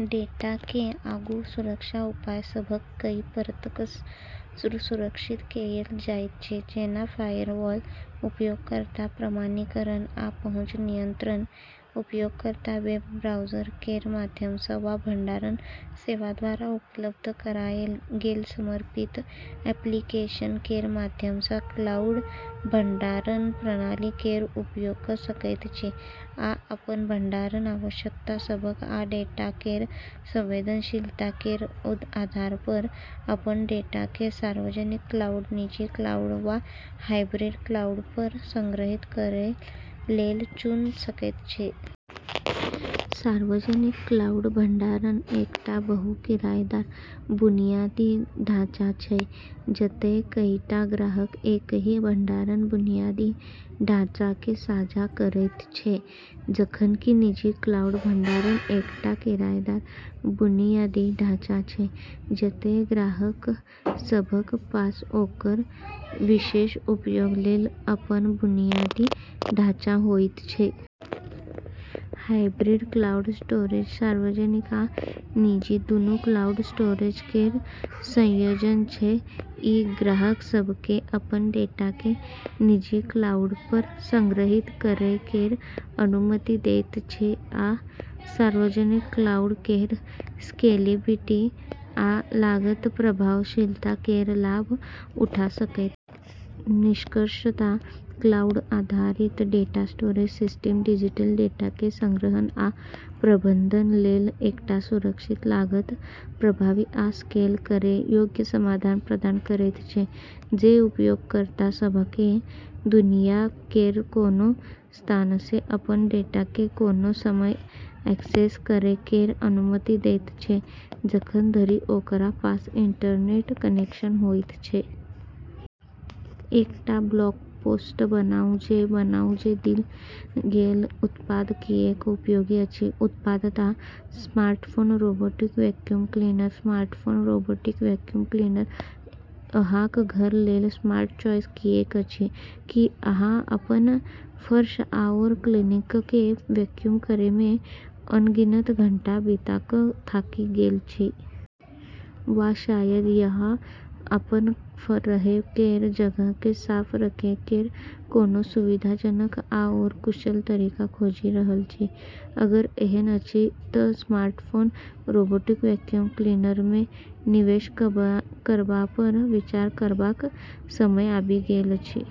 डेटाकेँ आगू सुरक्षा उपाय सभक कई परतकसँ सुरक्षित कएल जाइत छै, जेना फायरवॉल, उपयोगकर्ता प्रमाणीकरण, आ पहुँच नियंत्रण। उपयोगकर्ता वेब ब्राउज़र केर माध्यमसँ वा भंडारण सेवाद्वारा उपलब्ध कराएल गेल समर्पित एप्लीकेशन केर माध्यमसँ क्लाउड भंडारण प्रणाली केर उपयोग कऽ सकैत छै, आ अपन भंडारण आवश्यकता सभक आ डेटा केर संवेदनशीलता केर आधारपर, अपन डेटाकेँ सार्वजनिक क्लाउड, निजी क्लाउड वा हाइब्रिड क्लाउडपर संग्रहीत करै लेल चुन सकैत छै। सार्वजनिक क्लाउड भंडारण एकटा बहु-किरायेदार बुनियादी ढाँचा छै, जतए कईटा ग्राहक एकही भंडारण बुनियादी ढाँचाकेँ साझा करैत छै, जखन कि निजी क्लाउड भंडारण एकटा किरायेदार बुनियादी ढाँचा छै, जतए ग्राहक सभक पास ओकर विशेष उपयोग लेल अपन बुनियादी ढाँचा होइत छै। हाइब्रिड क्लाउड स्टोरेज सार्वजनिक आ निजी दूनू क्लाउड स्टोरेज केर संयोजन छै; ई ग्राहक सभकेँ अपन डेटाकेँ निजी क्लाउडपर संग्रहीत करै केर अनुमति दैत छै आ सार्वजनिक क्लाउड केर स्केलेबिलिटी आ लागत-प्रभावशीलता केर लाभ उठा सकैत छै। निष्कर्षतः, क्लाउड आधारित डेटा स्टोरेज सिस्टम डिजिटल डेटाकेँ संग्रहण आ प्रबंधन लेल एकटा सुरक्षित, लागत प्रभावी आ स्केल करै योग्य समाधान प्रदान करैत छै, जे उपयोगकर्ता सभकेँ दुनिया केर कोनो स्थानसँ अपन डेटाकेँ कोनो समय एक्सेस करै केर अनुमति दैत छै, जखन धरि ओकरा पास इंटरनेट कनेक्शन होइत छै। एकटा ब्लॉग पोस्ट बनाउ जे बताउ जे देल गेल उत्पाद किऐक उपयोगी अछि। उत्पाद: smartphone robotic vacuum cleaner. Smartphone robotic vacuum cleaner अहाँक घर लेल स्मार्ट चॉइस किऐक अछि? की अहाँ अपन फर्श आओर कालीनकेँ वैक्यूम करैमे अनगिनत घंटा बिता कऽ थाकि गेल छी? वा शायद अहाँ अपन रहै केर जगहकेँ साफ रखै केर कोनो सुविधाजनक आओर कुशल तरीका खोजि रहल छी। अगर एहन अछि तऽ स्मार्टफोन रोबोटिक वैक्यूम क्लीनरमे निवेश करबापर विचार करबाक समय आबि गेल अछि।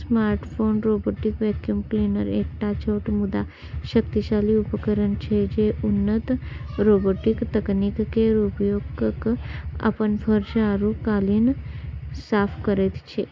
स्मार्टफोन रोबोटिक वैक्यूम क्लीनर एकटा छोट मुदा शक्तिशाली उपकरण छै जे उन्नत रोबोटिक तकनीक केर उपयोग कऽ कऽ अपन फर्श आरू कालीन साफ करैत छै।